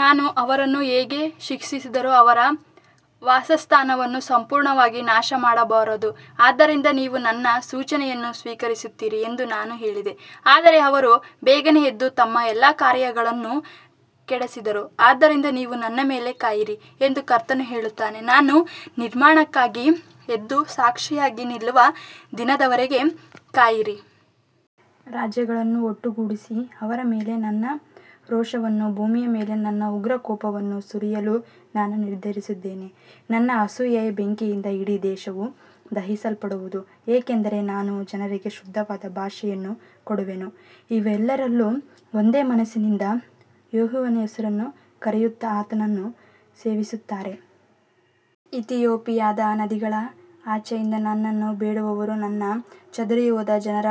ನಾನು ಅವರನ್ನು ಹೇಗೆ ಶಿಕ್ಷಿಸಿದರೂ ಅವರ ವಾಸಸ್ಥಾನವನ್ನು ಸಂಪೂರ್ಣವಾಗಿ ನಾಶಮಾಡಬಾರದು. ಆದ್ದರಿಂದ ನೀವು ನನ್ನ ಸೂಚನೆಯನ್ನು ಸ್ವೀಕರಿಸುತ್ತೀರಿ ಎಂದು ನಾನು ಹೇಳಿದೆ. ಆದರೆ ಅವರು ಬೇಗನೆ ಎದ್ದು ತಮ್ಮ ಎಲ್ಲಾ ಕಾರ್ಯಗಳನ್ನು ಕೆಡಿಸಿದರು. ಆದ್ದರಿಂದ ನೀವು ನನ್ನ ಮೇಲೆ ಕಾಯಿರಿ ಎಂದು ಕರ್ತನು ಹೇಳುತ್ತಾನೆ. ನಾನು ನಿರ್ಣಯಕ್ಕಾಗಿ ಎದ್ದು ಸಾಕ್ಷಿಯಾಗಿ ನಿಲ್ಲುವ ದಿನದವರೆಗೆ ಕಾಯಿರಿ. ರಾಜ್ಯಗಳನ್ನು ಒಟ್ಟುಗೂಡಿಸಿ, ಅವರ ಮೇಲೆ ನನ್ನ ರೋಷವನ್ನೂ ಭೂಮಿಯ ಮೇಲಿನ ನನ್ನ ಉಗ್ರ ಕೋಪವನ್ನೂ ಸುರಿಯಲು ನಾನು ನಿರ್ಧರಿಸಿದ್ದೇನೆ. ನನ್ನ ಅಸೂಯೆಯ ಬೆಂಕಿಯಿಂದ ಇಡೀ ದೇಶವು ದಹಿಸಲ್ಪಡುವುದು. ಯಾಕಂದರೆ ನಾನು ಜನರಿಗೆ ಶುದ್ಧವಾದ ಭಾಷೆಯನ್ನು ಕೊಡುವೆನು, ಅವರೆಲ್ಲರೂ ಒಂದೇ ಮನಸ್ಸಿನಿಂದ ಯೆಹೋವನ ಹೆಸರನ್ನು ಕರೆಯುತ್ತಾ ಆತನನ್ನು ಸೇವಿಸುವರು. ಇಥಿಯೋಪಿಯಾದ ನದಿಗಳ ಆಚೆಯಿಂದ ನನ್ನನ್ನು ಬೇಡುವವರು, ನನ್ನ ಚದುರಿಹೋದ ಜನರ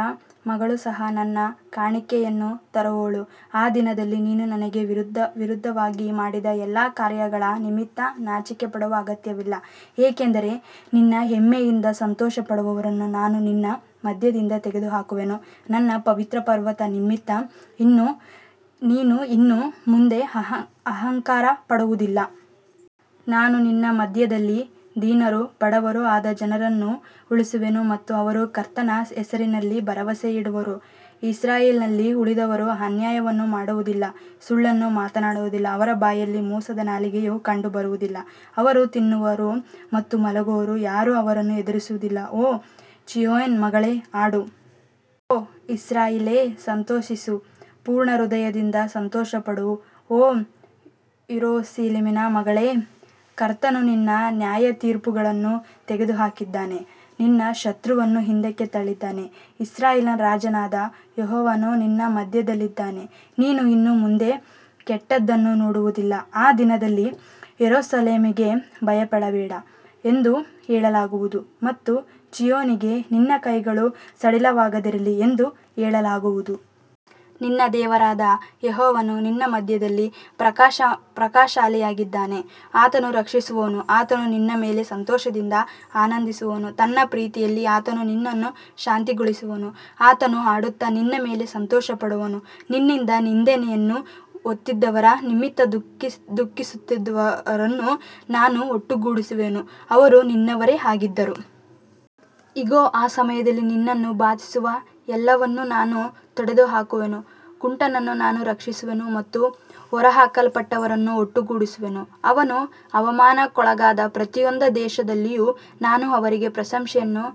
ಮಗಳು ಸಹ, ನನ್ನ ಕಾಣಿಕೆಯನ್ನು ತರುವಳು. ಆ ದಿನದಲ್ಲಿ ನೀನು ನನಗೆ ವಿರುದ್ಧವಾಗಿ ಮಾಡಿದ ಎಲ್ಲಾ ಕಾರ್ಯಗಳ ನಿಮಿತ್ತ ನಾಚಿಕೆಪಡುವ ಅಗತ್ಯವಿಲ್ಲ, ಏಕೆಂದರೆ ನಿನ್ನ ಹೆಮ್ಮೆಯಿಂದ ಸಂತೋಷಪಡುವವರನ್ನು ನಾನು ನಿನ್ನ ಮಧ್ಯದಿಂದ ತೆಗೆದುಹಾಕುವೆನು. ನನ್ನ ಪವಿತ್ರ ಪರ್ವತದ ನಿಮಿತ್ತ ನೀನು ಇನ್ನು ಮುಂದೆ ಅಹಂಕಾರಪಡುವುದಿಲ್ಲ. ನಾನು ನಿನ್ನ ಮಧ್ಯದಲ್ಲಿ ದೀನರೂ ಬಡವರೂ ಆದ ಜನರನ್ನು ಉಳಿಸುವೆನು ಮತ್ತು ಅವರು ಕರ್ತನ ಹೆಸರಿನಲ್ಲಿ ಭರವಸೆಯಿಡುವರು. ಇಸ್ರಾಯೇಲಿನಲ್ಲಿ ಉಳಿದವರು ಅನ್ಯಾಯವನ್ನು ಮಾಡುವುದಿಲ್ಲ, ಸುಳ್ಳನ್ನು ಮಾತನಾಡುವುದಿಲ್ಲ, ಅವರ ಬಾಯಿಯಲ್ಲಿ ಮೋಸದ ನಾಲಿಗೆಯು ಕಂಡುಬರುವುದಿಲ್ಲ. ಅವರು ತಿನ್ನುವರು ಮತ್ತು ಮಲಗುವರು, ಯಾರೂ ಅವರನ್ನು ಹೆದರಿಸುವುದಿಲ್ಲ. ಓ ಚೀಯೋನ್ ಮಗಳೇ, ಹಾಡು. ಓ ಇಸ್ರಾಯೇಲೇ, ಸಂತೋಷಿಸು. ಪೂರ್ಣ ಹೃದಯದಿಂದ ಸಂತೋಷಪಡು, ಓ ಯೆರೂಸಲೇಮಿನ ಮಗಳೇ. ಕರ್ತನು ನಿನ್ನ ನ್ಯಾಯತೀರ್ಪುಗಳನ್ನು ತೆಗೆದುಹಾಕಿದ್ದಾನೆ, ನಿನ್ನ ಶತ್ರುವನ್ನು ಹಿಂದಕ್ಕೆ ತಳ್ಳಿದ್ದಾನೆ. ಇಸ್ರಾಯೇಲಿನ ರಾಜನಾದ ಯೆಹೋವನು ನಿನ್ನ ಮಧ್ಯದಲ್ಲಿದ್ದಾನೆ, ನೀನು ಇನ್ನು ಮುಂದೆ ಕೆಟ್ಟದ್ದನ್ನು ನೋಡುವುದಿಲ್ಲ. ಆ ದಿನದಲ್ಲಿ ಯೆರೂಸಲೇಮಿಗೆ, ಭಯಪಡಬೇಡ ಎಂದು ಹೇಳಲಾಗುವುದು ಮತ್ತು ಚೀಯೋನಿಗೆ, ನಿನ್ನ ಕೈಗಳು ಸಡಿಲವಾಗದಿರಲಿ ಎಂದು ಹೇಳಲಾಗುವುದು. ನಿನ್ನ ದೇವರಾದ ಯೆಹೋವನು ನಿನ್ನ ಮಧ್ಯದಲ್ಲಿ ಪರಾಕ್ರಮಶಾಲಿಯಾಗಿದ್ದಾನೆ. ಆತನು ರಕ್ಷಿಸುವನು. ಆತನು ನಿನ್ನ ಮೇಲೆ ಸಂತೋಷದಿಂದ ಆನಂದಿಸುವನು. ತನ್ನ ಪ್ರೀತಿಯಲ್ಲಿ ಆತನು ನಿನ್ನನ್ನು ಶಾಂತಿಗೊಳಿಸುವನು. ಆತನು ಹಾಡುತ್ತಾ ನಿನ್ನ ಮೇಲೆ ಸಂತೋಷಪಡುವನು. ನಿನ್ನಿಂದ ನಿಂದೆಯನ್ನು ಹೊತ್ತಿದ್ದವರ ನಿಮಿತ್ತ ದುಃಖಿಸುತ್ತಿದ್ದವರನ್ನು ನಾನು ಒಟ್ಟುಗೂಡಿಸುವೆನು, ಅವರು ನಿನ್ನವರೇ ಆಗಿದ್ದರು. ಇಗೋ, ಆ ಸಮಯದಲ್ಲಿ ನಿನ್ನನ್ನು ಬಾಧಿಸುವ ಎಲ್ಲವನ್ನೂ ನಾನು ತೊಡೆದುಹಾಕುವೆನು. ಕುಂಟನನ್ನು ನಾನು ರಕ್ಷಿಸುವೆನು ಮತ್ತು ಹೊರಹಾಕಲ್ಪಟ್ಟವರನ್ನು ಒಟ್ಟುಗೂಡಿಸುವೆನು. ಅವರು ಅವಮಾನಕ್ಕೊಳಗಾದ ಪ್ರತಿಯೊಂದು ದೇಶದಲ್ಲಿಯೂ ನಾನು ಅವರಿಗೆ ಪ್ರಶಂಸೆಯನ್ನೂ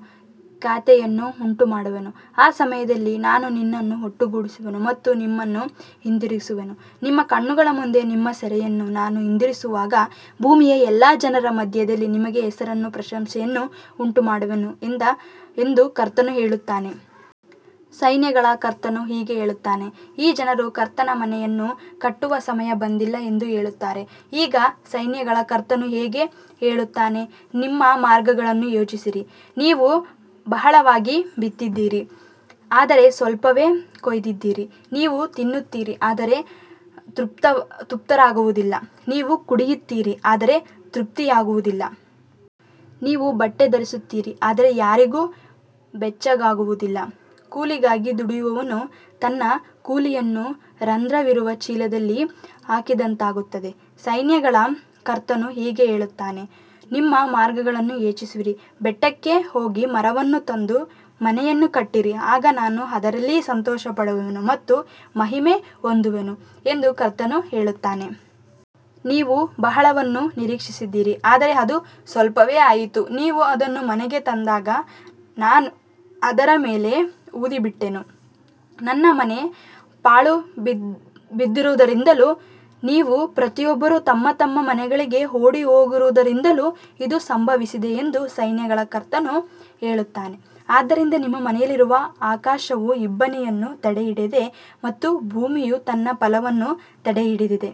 ಖ್ಯಾತಿಯನ್ನೂ ಉಂಟುಮಾಡುವೆನು. ಆ ಸಮಯದಲ್ಲಿ ನಾನು ನಿಮ್ಮನ್ನು ಒಟ್ಟುಗೂಡಿಸುವೆನು ಮತ್ತು ನಿಮ್ಮನ್ನು ಹಿಂದಿರುಗಿಸುವೆನು. ನಿಮ್ಮ ಕಣ್ಣುಗಳ ಮುಂದೆ ನಿಮ್ಮ ಸೆರೆಯನ್ನು ನಾನು ಹಿಂದಿರುಗಿಸುವಾಗ, ಭೂಮಿಯ ಎಲ್ಲಾ ಜನರ ಮಧ್ಯದಲ್ಲಿ ನಿಮಗೆ ಹೆಸರನ್ನೂ ಪ್ರಶಂಸೆಯನ್ನೂ ಉಂಟುಮಾಡುವೆನು ಎಂದು ಕರ್ತನು ಹೇಳುತ್ತಾನೆ. ಸೈನ್ಯಗಳ ಕರ್ತನು ಹೀಗೆ ಹೇಳುತ್ತಾನೆ, ಈ ಜನರು ಕರ್ತನ ಮನೆಯನ್ನು ಕಟ್ಟುವ ಸಮಯ ಬಂದಿಲ್ಲ ಎಂದು ಹೇಳುತ್ತಾರೆ. ಈಗ ಸೈನ್ಯಗಳ ಕರ್ತನು ಹೀಗೆ ಹೇಳುತ್ತಾನೆ, ನಿಮ್ಮ ಮಾರ್ಗಗಳನ್ನು ಯೋಚಿಸಿರಿ. ನೀವು ಬಹಳವಾಗಿ ಬಿತ್ತಿದ್ದೀರಿ, ಆದರೆ ಸ್ವಲ್ಪವೇ ಕೊಯ್ದಿದ್ದೀರಿ. ನೀವು ತಿನ್ನುತ್ತೀರಿ, ಆದರೆ ತೃಪ್ತರಾಗುವುದಿಲ್ಲ. ನೀವು ಕುಡಿಯುತ್ತೀರಿ, ಆದರೆ ತೃಪ್ತಿಯಾಗುವುದಿಲ್ಲ. ನೀವು ಬಟ್ಟೆ ಧರಿಸುತ್ತೀರಿ, ಆದರೆ ಯಾರಿಗೂ ಬೆಚ್ಚಗಾಗುವುದಿಲ್ಲ. ಕೂಲಿಗಾಗಿ ದುಡಿಯುವವನು ತನ್ನ ಕೂಲಿಯನ್ನು ರಂಧ್ರವಿರುವ ಚೀಲದಲ್ಲಿ ಹಾಕಿದಂತಾಗುತ್ತದೆ. ಸೈನ್ಯಗಳ ಕರ್ತನು ಹೀಗೆ ಹೇಳುತ್ತಾನೆ, ನಿಮ್ಮ ಮಾರ್ಗಗಳನ್ನು ಯೋಚಿಸಿರಿ. ಬೆಟ್ಟಕ್ಕೆ ಹೋಗಿ ಮರವನ್ನು ತಂದು ಮನೆಯನ್ನು ಕಟ್ಟಿರಿ. ಆಗ ನಾನು ಅದರಲ್ಲಿ ಸಂತೋಷಪಡುವೆನು ಮತ್ತು ಮಹಿಮೆ ಹೊಂದುವೆನು ಎಂದು ಕರ್ತನು ಹೇಳುತ್ತಾನೆ. ನೀವು ಬಹಳವನ್ನು ನಿರೀಕ್ಷಿಸಿದ್ದೀರಿ, ಆದರೆ ಅದು ಸ್ವಲ್ಪವೇ ಆಯಿತು. ನೀವು ಅದನ್ನು ಮನೆಗೆ ತಂದಾಗ ನಾನು ಅದರ ಮೇಲೆ ಊದಿಬಿಟ್ಟೆನು. ನನ್ನ ಮನೆ ಪಾಳುಬಿದ್ದಿರುವುದರಿಂದಲೂ ನೀವು ಪ್ರತಿಯೊಬ್ಬರೂ ತಮ್ಮ ತಮ್ಮ ಮನೆಗಳಿಗೆ ಓಡಿಹೋಗಿರುವುದರಿಂದಲೂ ಇದು ಸಂಭವಿಸಿದೆ ಎಂದು ಸೈನ್ಯಗಳ ಕರ್ತನು ಹೇಳುತ್ತಾನೆ. ಆದ್ದರಿಂದ ನಿಮ್ಮ ಮೇಲಿರುವ ಆಕಾಶವು ಇಬ್ಬನಿಯನ್ನು ತಡೆಹಿಡಿದಿದೆ ಮತ್ತು ಭೂಮಿಯು ತನ್ನ ಫಲವನ್ನು ತಡೆಹಿಡಿದಿದೆ.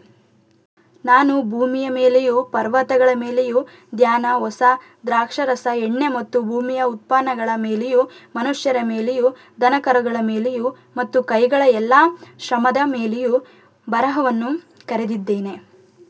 ನಾನು ಭೂಮಿಯ ಮೇಲೆಯೂ ಪರ್ವತಗಳ ಮೇಲೆಯೂ ಧಾನ್ಯ, ಹೊಸ ದ್ರಾಕ್ಷಾರಸ, ಎಣ್ಣೆ ಮತ್ತು ಭೂಮಿಯ ಉತ್ಪನ್ನಗಳ ಮೇಲೆಯೂ, ಮನುಷ್ಯರ ಮೇಲೆಯೂ ದನಕರುಗಳ ಮೇಲೆಯೂ ಮತ್ತು ಕೈಗಳ ಎಲ್ಲಾ ಶ್ರಮದ ಮೇಲೆಯೂ ಬರವನ್ನು ಕರೆದಿದ್ದೇನೆ.